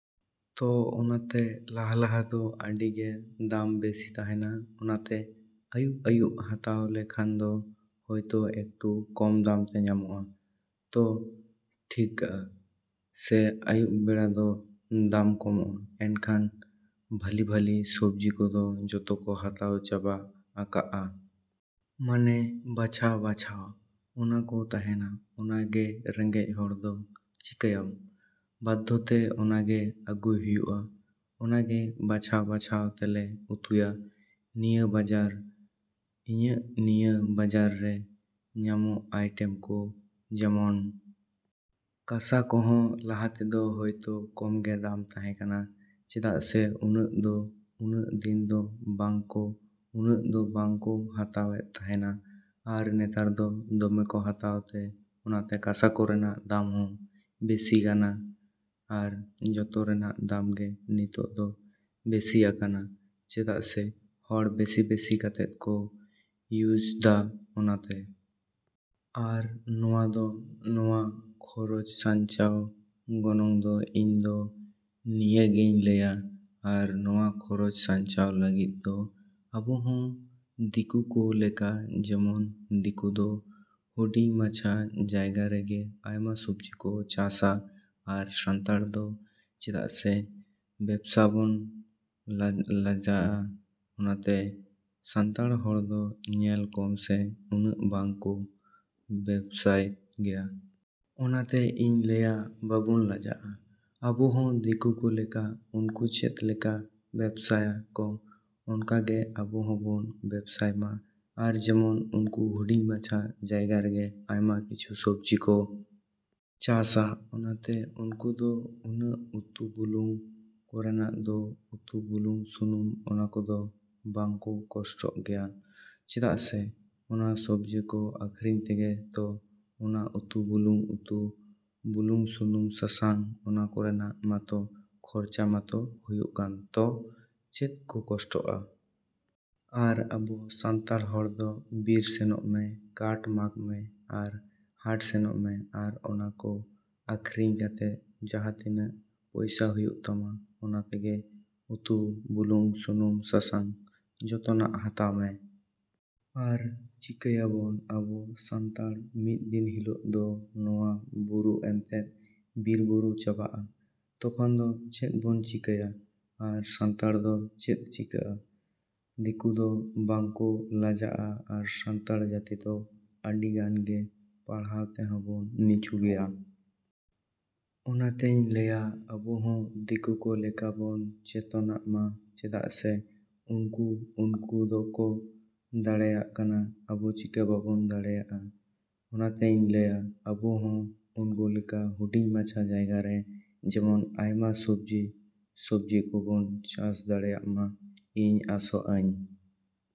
ᱛᱚ ᱚᱱᱟᱛᱮ ᱞᱟᱦᱟ ᱞᱟᱦᱟ ᱫᱚ ᱟᱹᱰᱤ ᱜᱮ ᱫᱟᱢ ᱵᱤᱥᱤ ᱛᱟᱦᱮᱱᱟ᱾ ᱚᱱᱟᱛᱮ ᱟᱹᱭᱩᱵ ᱟᱹᱭᱩᱵ ᱦᱟᱛᱟᱣ ᱞᱮᱠᱷᱟᱱ ᱫᱚ ᱦᱚᱭᱛᱚ ᱮᱠᱴᱩ ᱠᱚᱢ ᱫᱟᱢ ᱛᱮ ᱧᱟᱢᱚᱜᱼᱟ᱾ ᱛᱚ ᱴᱷᱤᱤᱠᱟᱹᱜᱼᱟ ᱥᱮ ᱟᱹᱭᱩᱵ ᱵᱮᱲᱟ ᱫᱚ ᱫᱟᱢ ᱠᱚᱢᱚᱜᱼᱟ ᱮᱱᱠᱷᱟᱱ ᱵᱷᱟᱹᱞᱤ ᱵᱷᱟᱹᱞᱤ ᱥᱚᱵᱡᱤ ᱠᱚᱫᱚ ᱡᱚᱛᱚ ᱠᱚ ᱦᱟᱛᱟᱣ ᱪᱟᱵᱟ ᱟᱠᱟᱜᱼᱟ᱾ ᱢᱟᱱᱮ ᱵᱟᱪᱷᱟᱣ ᱵᱟᱪᱷᱟᱣ ᱚᱱᱟ ᱠᱚ ᱛᱟᱦᱮᱱᱟ ᱚᱱᱟ ᱜᱮ ᱨᱮᱸᱜᱮᱡᱽ ᱦᱚᱲ ᱫᱚ ᱪᱤᱠᱟᱹᱭᱟᱢ ᱵᱟᱫᱽᱫᱷᱚᱛᱮ ᱚᱱᱟ ᱜᱮ ᱟᱹᱜᱩᱭ ᱦᱩᱭᱩᱜᱼᱟ᱾ ᱚᱱᱟ ᱜᱮ ᱵᱟᱪᱷᱟᱣ ᱵᱟᱪᱷᱟᱣ ᱛᱮᱞᱮ ᱩᱛᱩᱭᱟ᱾ ᱱᱤᱭᱟᱹ ᱵᱟᱡᱟᱨ, ᱤᱧᱟᱹᱜ ᱱᱤᱭᱟᱹ ᱵᱟᱡᱟᱨ ᱨᱮ ᱧᱟᱢᱚᱜ ᱟᱭᱴᱮᱢ ᱠᱚ ᱡᱮᱢᱚᱱ ᱠᱟᱥᱟ ᱠᱚᱦᱚᱸ ᱞᱟᱦᱟᱛᱮᱫᱚ ᱦᱚᱭᱛᱚ ᱠᱚᱢ ᱜᱮ ᱫᱟᱢ ᱛᱟᱦᱮᱸ ᱠᱟᱱᱟ ᱪᱮᱫᱟᱜ ᱥᱮ ᱩᱱᱟᱹᱜ ᱫᱚ ᱩᱱᱟᱹᱜ ᱫᱤᱱ ᱫᱚ ᱵᱟᱝ ᱠᱚ ᱩᱱᱟᱹᱜ ᱫᱚ ᱵᱟᱝ ᱠᱚ ᱦᱟᱛᱟᱣᱮᱫ ᱛᱟᱦᱮᱱᱟ ᱟᱨ ᱱᱮᱛᱟᱨ ᱫᱚ ᱫᱚᱢᱮ ᱠᱚ ᱦᱟᱛᱟᱣ ᱛᱮ ᱚᱱᱟᱛᱮ ᱠᱟᱥᱟ ᱠᱚᱨᱮᱱᱟᱜ ᱫᱟᱢ ᱦᱚᱸ ᱵᱤᱥᱤ ᱟᱠᱟᱱᱟ ᱟᱨ ᱡᱚᱛᱚ ᱨᱮᱱᱟᱜ ᱫᱟᱢ ᱜᱮ ᱱᱤᱛᱚᱜ ᱫᱚ ᱵᱤᱥᱤ ᱟᱠᱟᱱᱟ ᱪᱮᱫᱟᱜ ᱥᱮ ᱦᱚᱲ ᱵᱤᱥᱤ ᱵᱤᱥᱤ ᱠᱟᱛᱮᱫ ᱠᱚ ᱤᱭᱩᱡᱽ ᱫᱟ ᱚᱱᱟᱛᱮ᱾ ᱟᱨ ᱱᱚᱣᱟ ᱫᱚ ᱱᱚᱣᱟ ᱠᱷᱚᱨᱚᱪ ᱥᱟᱧᱪᱟᱣ ᱜᱚᱱᱚᱝ ᱫᱚ ᱤᱧ ᱫᱚ ᱱᱤᱭᱟᱹ ᱜᱤᱧ ᱞᱟᱹᱭᱟ᱾ ᱟᱨ ᱱᱚᱣᱟ ᱠᱷᱚᱨᱚᱪ ᱥᱟᱧᱪᱟᱣ ᱞᱟᱹᱜᱤᱫ ᱫᱚ ᱟᱵᱚ ᱦᱚᱸ ᱫᱤᱠᱩ ᱠᱚ ᱞᱮᱠᱟ ᱡᱮᱢᱚᱱ ᱫᱤᱠᱩ ᱫᱚ ᱦᱩᱰᱤᱝ ᱢᱟᱪᱷᱟ ᱡᱟᱭᱜᱟ ᱨᱮᱜᱮ ᱟᱭᱢᱟ ᱥᱚᱵᱡᱤ ᱠᱚ ᱪᱟᱥᱟ ᱟᱨ ᱥᱟᱱᱛᱟᱲ ᱫᱚ ᱪᱮᱫᱟᱜ ᱥᱮ ᱵᱮᱵᱥᱟ ᱵᱚᱱ ᱞᱟᱡᱟᱜᱼᱟ ᱚᱱᱟᱛᱮ ᱥᱟᱱᱛᱟᱲ ᱦᱚᱲ ᱫᱚ ᱧᱮᱞ ᱠᱚᱢ ᱥᱮ ᱩᱱᱟᱹᱜ ᱵᱟᱝ ᱠᱚ ᱵᱮᱵᱥᱟᱭ ᱜᱮᱭᱟ᱾ ᱚᱱᱟᱛᱮ ᱤᱧ ᱞᱟᱹᱭᱟ ᱵᱟᱵᱚᱱ ᱞᱟᱡᱟᱜᱼᱟ, ᱟᱵᱚ ᱦᱚᱸ ᱫᱤᱠᱩ ᱠᱚ ᱞᱮᱠᱟ ᱩᱱᱠᱩ ᱪᱮᱫ ᱞᱮᱠᱟ ᱵᱮᱵᱥᱟᱭᱟ ᱠᱚ ᱚᱱᱠᱟ ᱜᱮ ᱟᱵᱚ ᱦᱚᱸ ᱵᱚᱱ ᱵᱮᱵᱥᱟᱭ ᱢᱟ᱾ ᱟᱨ ᱡᱮᱢᱚᱱ ᱩᱱᱠᱩ ᱦᱩᱰᱤᱝ ᱢᱟᱪᱷᱟ ᱡᱟᱭᱜᱟ ᱨᱮᱜᱮ ᱟᱭᱢᱟ ᱠᱤᱪᱷᱩ ᱥᱚᱵᱡᱤ ᱠᱚ ᱪᱟᱥᱟ ᱚᱱᱟᱛᱮ ᱩᱱᱠᱩ ᱫᱚ ᱩᱱᱟᱹᱜ ᱩᱛᱩ ᱵᱩᱞᱩᱝ ᱠᱚᱨᱮᱱᱟᱜ ᱫᱚ ᱩᱛᱩ ᱵᱩᱞᱩᱝ ᱥᱩᱱᱩᱢ ᱚᱱᱟ ᱠᱚᱫᱚ ᱵᱟᱝ ᱠᱚ ᱠᱚᱥᱴᱚᱜ ᱜᱮᱭᱟ ᱪᱮᱫᱟᱜ ᱥᱮ ᱚᱱᱟ ᱥᱚᱵᱡᱤ ᱠᱚ ᱟᱠᱷᱨᱤᱧ ᱛᱮᱜᱮ ᱛᱚ ᱚᱱᱟ ᱩᱛᱩ ᱵᱩᱞᱩᱝ ᱩᱛᱩ ᱵᱩᱞᱩᱝ ᱥᱩᱱᱩᱢ ᱥᱟᱥᱟᱝ ᱚᱱᱟ ᱠᱚᱨᱮᱱᱟᱜ ᱢᱟᱛᱚ ᱠᱷᱚᱨᱚᱪᱟ ᱢᱟᱛᱚ ᱦᱩᱭᱩᱜ ᱠᱟᱱ ᱛᱚ ᱪᱮᱫ ᱠᱚ ᱠᱚᱥᱴᱚᱜᱼᱟ? ᱟᱨ ᱟᱵᱚ ᱥᱟᱱᱛᱟᱲ ᱦᱚᱲ ᱫᱚ ᱵᱤᱨ ᱥᱮᱱᱚᱜ ᱢᱮ, ᱠᱟᱴ ᱢᱟᱜᱽ ᱢᱮ ᱟᱨ ᱦᱟᱴ ᱥᱮᱱᱚᱜ ᱢᱮ ᱟᱨ ᱚᱱᱟ ᱠᱚ ᱟᱠᱷᱨᱤᱧ ᱠᱟᱛᱮᱫ ᱡᱟᱦᱟᱛᱤᱱᱟᱹᱜ ᱯᱚᱭᱥᱟ ᱦᱩᱭᱩᱜ ᱛᱟᱢᱟ ᱚᱱᱟ ᱛᱮᱜᱮ ᱩᱛᱩ ᱵᱩᱞᱩᱝ ᱥᱩᱱᱩᱢ ᱥᱟᱥᱟᱝ ᱡᱚᱛᱚ ᱱᱟᱜ ᱦᱟᱛᱟᱣ ᱢᱮ᱾ ᱟᱨ ᱪᱤᱠᱟᱹᱭᱟ ᱵᱚᱱ ᱟᱵᱚ ᱥᱟᱱᱛᱟᱲ ᱢᱤᱫ ᱫᱤᱱ ᱦᱤᱞᱚᱜ ᱫᱚ ᱱᱚᱣᱟ ᱵᱩᱨᱩ ᱮᱱᱛᱮᱫ ᱵᱤᱨ ᱵᱩᱨᱩ ᱪᱟᱵᱟᱜᱼᱟ ᱛᱚᱠᱷᱚᱱ ᱫᱚ ᱪᱮᱫ ᱵᱚᱱ ᱪᱤᱠᱟᱹᱭᱟ? ᱟᱨ ᱥᱟᱱᱛᱟᱲ ᱫᱚ ᱪᱮᱫ ᱪᱤᱠᱟᱹᱜᱼᱟ? ᱫᱤᱠᱩ ᱫᱚ ᱵᱟᱝ ᱠᱚ ᱞᱟᱡᱟᱜᱼᱟ ᱟᱨ ᱥᱟᱱᱛᱟᱲ ᱡᱟᱹᱛᱤ ᱫᱚ ᱟᱹᱰᱤ ᱜᱟᱱ ᱜᱮ ᱯᱟᱲᱦᱟᱣ ᱛᱮᱦᱚᱸ ᱵᱚᱱ ᱱᱤᱪᱩ ᱜᱮᱭᱟ᱾ ᱚᱱᱟᱛᱮᱧ ᱞᱟᱹᱭᱟ ᱟᱵᱚ ᱦᱚᱸ ᱫᱤᱠᱩ ᱠᱚ ᱞᱮᱠᱟ ᱵᱚᱱ ᱪᱮᱛᱚᱱᱟᱜ ᱢᱟ ᱪᱮᱫᱟᱜ ᱥᱮ ᱩᱱᱠᱩ ᱩᱱᱠᱩ ᱠᱚ ᱫᱟᱲᱮᱭᱟᱜ ᱠᱟᱱᱟ ᱟᱵᱚ ᱪᱤᱠᱟᱹ ᱵᱟᱵᱚᱱ ᱫᱟᱲᱮᱭᱟᱜᱼᱟ? ᱚᱱᱟᱛᱮᱧ ᱞᱟᱹᱭᱟ ᱟᱵᱚ ᱦᱚᱸ ᱩᱱᱠᱩ ᱞᱮᱠᱟ ᱦᱩᱰᱤᱝ ᱢᱟᱪᱷᱟ ᱡᱟᱭᱜᱟ ᱨᱮ ᱡᱮᱢᱚᱱ ᱟᱭᱢᱟ ᱥᱚᱵᱡᱤ ᱥᱚᱵᱡᱤ ᱠᱚ ᱵᱚᱱ ᱪᱟᱥ ᱫᱟᱲᱮᱭᱟᱜ ᱢᱟ ᱤᱧ ᱟᱥᱚᱜ ᱟᱹᱧ᱾